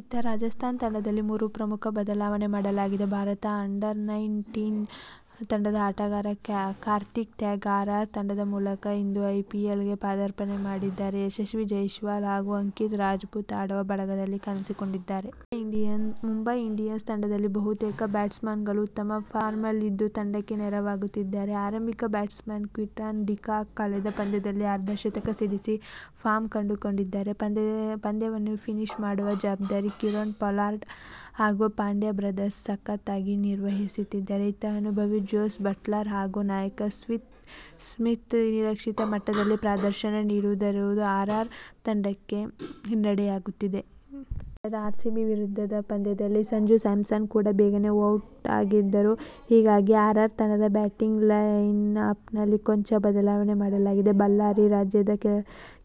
ಇತ್ತ ರಾಜಸ್ಥಾನ್ ತಂಡದಲ್ಲಿ ಮೂರು ಪ್ರಮುಖ ಬದಲಾವಣೆ ಮಾಡಲಾಗಿದೆ. ಭಾರತ ಅಂಡರ್-ನೈನ್ ಟೀನ್ ತಂಡದ ಆಟಗಾರ ಕಾರ್ತಿಕ್ ತ್ಯಾಗಿ ಆರ್ ಆರ್ ತಂಡದ ಮೂಲಕ ಇಂದು ಐ ಪಿ ಎಲ್ ಗೆ ಪದಾರ್ಪಣೆ ಮಾಡಿದ್ದಾರೆ. ಯಶಸ್ವಿ ಜೈಸ್ವಾಲ್ ಹಾಗೂ ಅಂಕಿತ್ ರಜಪೂತ್ ಆಡುವ ಬಳಗದಲ್ಲಿ ಕಾಣಿಸಿಕೊಂಡಿದ್ದಾರೆ. ಮುಂಬೈ ಇಂಡಿಯನ್ಸ್ ತಂಡದಲ್ಲಿ ಬಹುತೇಕ ಬ್ಯಾಟ್ಸ್ಮನ್ಗಳು ಉತ್ತಮ ಫಾರ್ಮ್ನಲ್ಲಿದ್ದು ತಂಡಕ್ಕೆ ನೆರವಾಗುತ್ತಿದ್ದಾರೆ. ಆರಂಭಿಕ ಬ್ಯಾಟ್ಸ್ಮನ್ ಕ್ವಿಂಟನ್ ಡಿಕಾಕ್ ಕಳೆದ ಪಂದ್ಯದಲ್ಲಿ ಅರ್ಧಶತಕ ಸಿಡಿಸಿ ಫಾರ್ಮ್ ಕಂಡುಕೊಂಡಿದ್ದಾರೆ. ಪಂದ್ಯವನ್ನು ಫಿನಿಶ್ ಮಾಡುವ ಜವಾಬ್ದಾರಿ ಕೀರೊನ್ ಪೊಲಾರ್ಡ್ ಹಾಗೂ ಪಾಂಡ್ಯ ಬ್ರದರ್ಸ್ ಸಖತ್ ಆಗಿ ನಿರ್ವಹಿಸುತ್ತಿದ್ದಾರೆ. ಇತ್ತ ಅನುಭವಿ ಜೋಸ್ ಬಟ್ಲರ್ ಹಾಗೂ ನಾಯಕ ಸ್ಟೀವ್ ಸ್ಮಿತ್ ನಿರೀಕ್ಷಿತ ಮಟ್ಟದಲ್ಲಿ ಪ್ರದರ್ಶನ ನೀಡದಿರುವುದು ಆರ್ಆರ್ ತಂಡಕ್ಕೆ ಹಿನ್ನಡೆಯಾಗುತ್ತಿದೆ. ಕಳೆದ ಆರ್ಸಿಬಿ ವಿರುದ್ಧದ ಪಂದ್ಯದಲ್ಲಿ ಸಂಜು ಸ್ಯಾಮ್ಸನ್ ಕೂಡ ಬೇಗನೆ ಔಟ್ ಆಗಿದ್ದರು. ಹೀಗಾಗಿ ಆರ್ಆರ್ ತಂಡದ ಬ್ಯಾಟಿಂಗ್ ಲೈನ್ಅಪ್ನಲ್ಲಿ ಕೊಂಚ ಬದಲಾವಣೆ ಮಾಡಲಾಗಿದೆ. ಬಳ್ಳಾರಿ: 'ರಾಜ್ಯದ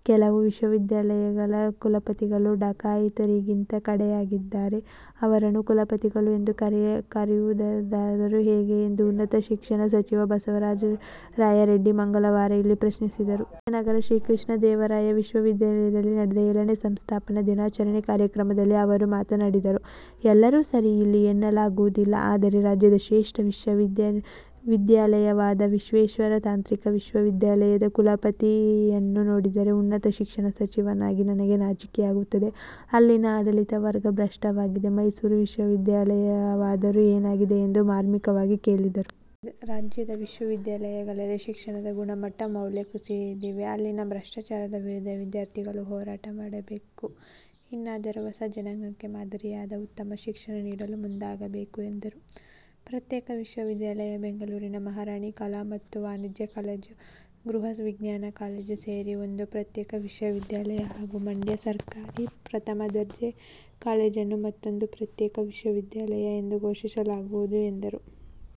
ಕೆಲವು ವಿಶ್ವವಿದ್ಯಾಲಯಗಳ ಕುಲಪತಿಗಳು ಡಕಾಯಿತರಿಗಿಂತ ಕಡೆಯಾಗಿದ್ದಾರೆ. ಅವರನ್ನು ಕುಲಪತಿಗಳು ಎಂದು ಕರೆಯುವುದಾದರೂ ಹೇಗೆ' ಎಂದು ಉನ್ನತ ಶಿಕ್ಷಣ ಸಚಿವ ಬಸವರಾಜ ರಾಯರೆಡ್ಡಿ ಮಂಗಳವಾರ ಇಲ್ಲಿ ಪ್ರಶ್ನಿಸಿದರು. ವಿಜಯನಗರ ಶ್ರೀಕೃಷ್ಣದೇವರಾಯ ವಿಶ್ವವಿದ್ಯಾಲಯದಲ್ಲಿ ನಡೆದ ಏಳನೇ ಸಂಸ್ಥಾಪನಾ ದಿನಾಚರಣೆ ಕಾರ್ಯಕ್ರಮದಲ್ಲಿ ಅವರು ಮಾತನಾಡಿದರು. 'ಎಲ್ಲರೂ ಸರಿ ಇಲ್ಲ ಎನ್ನಲಾಗುವುದಿಲ್ಲ. ಆದರೆ ರಾಜ್ಯದ ಶ್ರೇಷ್ಠ ವಿಶ್ವವಿದ್ಯಾಲಯವಾದ ವಿಶ್ವೇಶ್ವರಯ್ಯ ತಾಂತ್ರಿಕ ವಿಶ್ವವಿದ್ಯಾಲಯದ ಕುಲಪತಿಯನ್ನು ನೋಡಿದರೆ ಉನ್ನತ ಶಿಕ್ಷಣ ಸಚಿವನಾಗಿ ನನಗೆ ನಾಚಿಕೆಯಾಗುತ್ತದೆ. ಅಲ್ಲಿನ ಆಡಳಿತ ವರ್ಗ ಭ್ರಷ್ಟವಾಗಿದೆ. ಮೈಸೂರು ವಿಶ್ವವಿದ್ಯಾಲಯವಾದರೂ ಏನಾಗಿದೆ' ಎಂದು ಮಾರ್ಮಿಕವಾಗಿ ಕೇಳಿದರು. 'ರಾಜ್ಯದ ವಿಶ್ವವಿದ್ಯಾಲಯಗಳಲ್ಲಿ ಶಿಕ್ಷಣದ ಗುಣಮಟ್ಟ, ಮೌಲ್ಯ ಕುಸಿದಿವೆ. ಅಲ್ಲಿನ ಭ್ರಷ್ಟಾಚಾರದ ವಿರುದ್ಧ ವಿದ್ಯಾರ್ಥಿಗಳು ಹೋರಾಟ ಮಾಡಬೇಕು. ಇನ್ನಾದರೂ ಹೊಸ ಜನಾಂಗಕ್ಕೆ ಮಾದರಿಯಾದ, ಉತ್ತಮ ಶಿಕ್ಷಣ ನೀಡಲು ಮುಂದಾಗಬೇಕು' ಎಂದರು. ಪ್ರತ್ಯೇಕ ವಿಶ್ವವಿದ್ಯಾಲಯ: ಬೆಂಗಳೂರಿನ ಮಹಾರಾಣಿ ಕಲಾ ಮತ್ತು ವಾಣಿಜ್ಯ ಕಾಲೇಜು, ಗೃಹ ವಿಜ್ಞಾನ ಕಾಲೇಜು ಸೇರಿ ಒಂದು ಪ್ರತ್ಯೇಕ ವಿಶ್ವವಿದ್ಯಾಲಯ ಹಾಗೂ ಮಂಡ್ಯದ ಸರ್ಕಾರಿ ಪ್ರಥಮ ದರ್ಜೆ ಕಾಲೇಜನ್ನು ಮತ್ತೊಂದು ಪ್ರತ್ಯೇಕ ವಿಶ್ವವಿದ್ಯಾಲಯ ಎಂದು ಘೋಷಿಸಲಾಗುವುದು ಎಂದರು.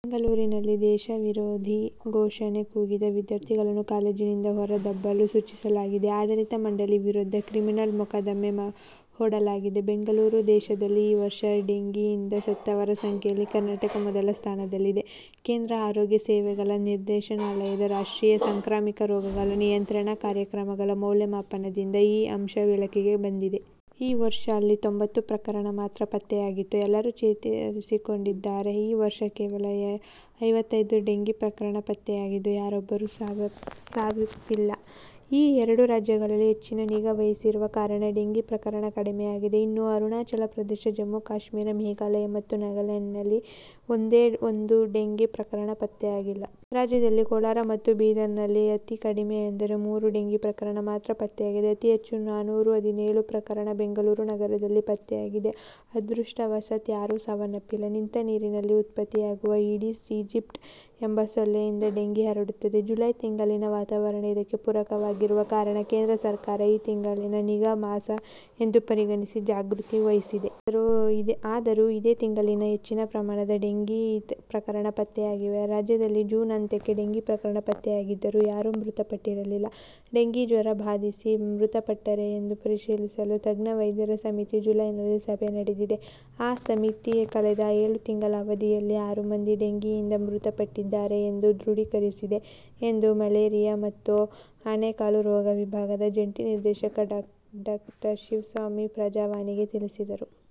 ಬೆಂಗಳೂರಿನಲ್ಲಿ ದೇಶವಿರೋಧಿ ಘೋಷಣೆ ಕೂಗಿದ ವಿದ್ಯಾರ್ಥಿಗಳನ್ನು ಕಾಲೇಜಿನಿಂದ ಹೊರದಬ್ಬಲು ಸೂಚಿಸಲಾಗಿದೆ. ಆಡಳಿತ ಮಂಡಳಿ ವಿರುದ್ಧ ಕ್ರಿಮಿನಲ್ ಮೊಕದ್ದಮೆ ಹೂಡಲಾಗಿದೆ ಬೆಂಗಳೂರು: ದೇಶದಲ್ಲಿ ಈ ವರ್ಷ ಡೆಂಗಿಯಿಂದ ಸತ್ತವರ ಸಂಖ್ಯೆಯಲ್ಲಿ ಕರ್ನಾಟಕ ಮೊದಲ ಸ್ಥಾನದಲ್ಲಿದೆ. ಕೇಂದ್ರ ಆರೋಗ್ಯ ಸೇವೆಗಳ ನಿರ್ದೇಶನಾಲಯದ ರಾಷ್ಟ್ರೀಯ ಸಾಂಕ್ರಾಮಿಕ ರೋಗಗಳ ನಿಯಂತ್ರಣ ಕಾರ್ಯಕ್ರಮಗಳ ಮೌಲ್ಯಮಾಪನದಿಂದ ಈ ಅಂಶ ಬೆಳಕಿಗೆ ಬಂದಿದೆ. ಈ ವರ್ಷ ಅಲ್ಲಿ ತೊಂಬತ್ತು ಪ್ರಕರಣ ಮಾತ್ರ ಪತ್ತೆಯಾಗಿದ್ದು, ಎಲ್ಲರೂ ಚೇತರಿಸಿಕೊಂಡಿದ್ದಾರೆ. ಈ ವರ್ಷ ಕೇವಲ ಐವತ್ತೈದು ಡೆಂಗಿ ಪ್ರಕರಣ ಪತ್ತೆಯಾಗಿದ್ದು, ಯಾರೊಬ್ಬರು ಸಾವಪ್ಪಿಲ್ಲ. ಈ ಎರಡು ರಾಜ್ಯಗಳಲ್ಲಿ ಹೆಚ್ಚಿನ ನಿಗಾ ವಹಿಸಿರುವ ಕಾರಣ ಡೆಂಗಿ ಪ್ರಕರಣ ಕಡಿಮೆಯಾಗಿದೆ. ಇನ್ನು ಅರುಣಾಚಲ ಪ್ರದೇಶ, ಜಮ್ಮು ಕಾಶ್ಮೀರ, ಮೇಘಾಲಯ ಮತ್ತು ನಾಗಾಲ್ಯಾಂಡ್ನಲ್ಲಿ ಒಂದೇ ಒಂದು ಡೆಂಗಿ ಪ್ರಕರಣ ಪತ್ತೆಯಾಗಿಲ್ಲ. ರಾಜ್ಯದಲ್ಲಿ ಕೋಲಾರ ಮತ್ತು ಬೀದರ್ನಲ್ಲಿ ಅತಿ ಕಡಿಮೆ ಅಂದರೆ ಮೂರು ಡೆಂಗಿ ಪ್ರಕರಣ ಮಾತ್ರ ಪತ್ತೆಯಾಗಿದೆ. ಅತೀ ಹೆಚ್ಚು ನಾನೂರ ಹದಿನೇಳು ಪ್ರಕರಣ ಬೆಂಗಳೂರು ನಗರದಲ್ಲಿ ಪತ್ತೆಯಾಗಿದೆ. ಅದೃಷ್ಟವಶಾತ್ ಯಾರೂ ಸಾವನಪ್ಪಿಲ್ಲ. ನಿಂತ ನೀರಿನಲ್ಲಿ ಉತ್ಪತ್ತಿಯಾಗುವ ಈಡಿಸ್ ಈಜಿಪ್ಟಿ ಎಂಬ ಸೊಳ್ಳೆಯಿಂದ ಡೆಂಗಿ ಹರಡುತ್ತದೆ. ಜುಲೈ ತಿಂಗಳಿನ ವಾತಾವರಣ ಇದಕ್ಕೆ ಪೂರಕವಾಗಿರುವ ಕಾರಣ ಕೇಂದ್ರ ಸರ್ಕಾರ, ಈ ತಿಂಗಳನ್ನು 'ನಿಗಾ ಮಾಸ' ಎಂದು ಪರಿಗಣಿಸಿ ಜಾಗೃತಿ ವಹಿಸಿದೆ. ಅದರೂ ಇದೇ ತಿಂಗಳಲ್ಲಿ ಹೆಚ್ಚಿನ ಪ್ರಮಾಣದ ಡೆಂಗಿ ಪ್ರಕರಣ ಪತ್ತೆಯಾಗಿವೆ. ರಾಜ್ಯದಲ್ಲಿ ಜೂನ್ ಅಂತ್ಯಕ್ಕೆ ಡೆಂಗಿ ಪ್ರಕರಣ ಪತ್ತೆಯಾಗಿದ್ದರೂ ಯಾರೂ ಮೃತಪಟ್ಟಿರಲಿಲ್ಲ. 'ಡೆಂಗಿ ಜ್ವರ ಬಾಧಿಸಿ ಮೃತಪಟ್ಟರೇ ಎಂದು ಪರಿಶೀಲಿಸಲು ತಜ್ಞ ವೈದ್ಯರ ಸಮಿತಿ ಜುಲೈನಲ್ಲಿ ಸಭೆ ನಡೆದಿದೆ. ಆ ಸಮಿತಿ ಕಳೆದ ಏಳು ತಿಂಗಳ ಅವಧಿಯಲ್ಲಿ ಆರು ಮಂದಿ ಡೆಂಗಿಯಿಂದ ಮೃತಪಟ್ಟಿದ್ದಾರೆ ಎಂದು ದೃಢೀಕರಿಸಿದೆ' ಎಂದು ಮಲೇರಿಯಾ ಮತ್ತು ಆನೆಕಾಲು ರೋಗ ವಿಭಾಗದ ಜಂಟಿ ನಿರ್ದೇಶಕ ಡಾ. ಶಿವಸ್ವಾಮಿ 'ಪ್ರಜಾವಾಣಿ'ಗೆ ತಿಳಿಸಿದರು.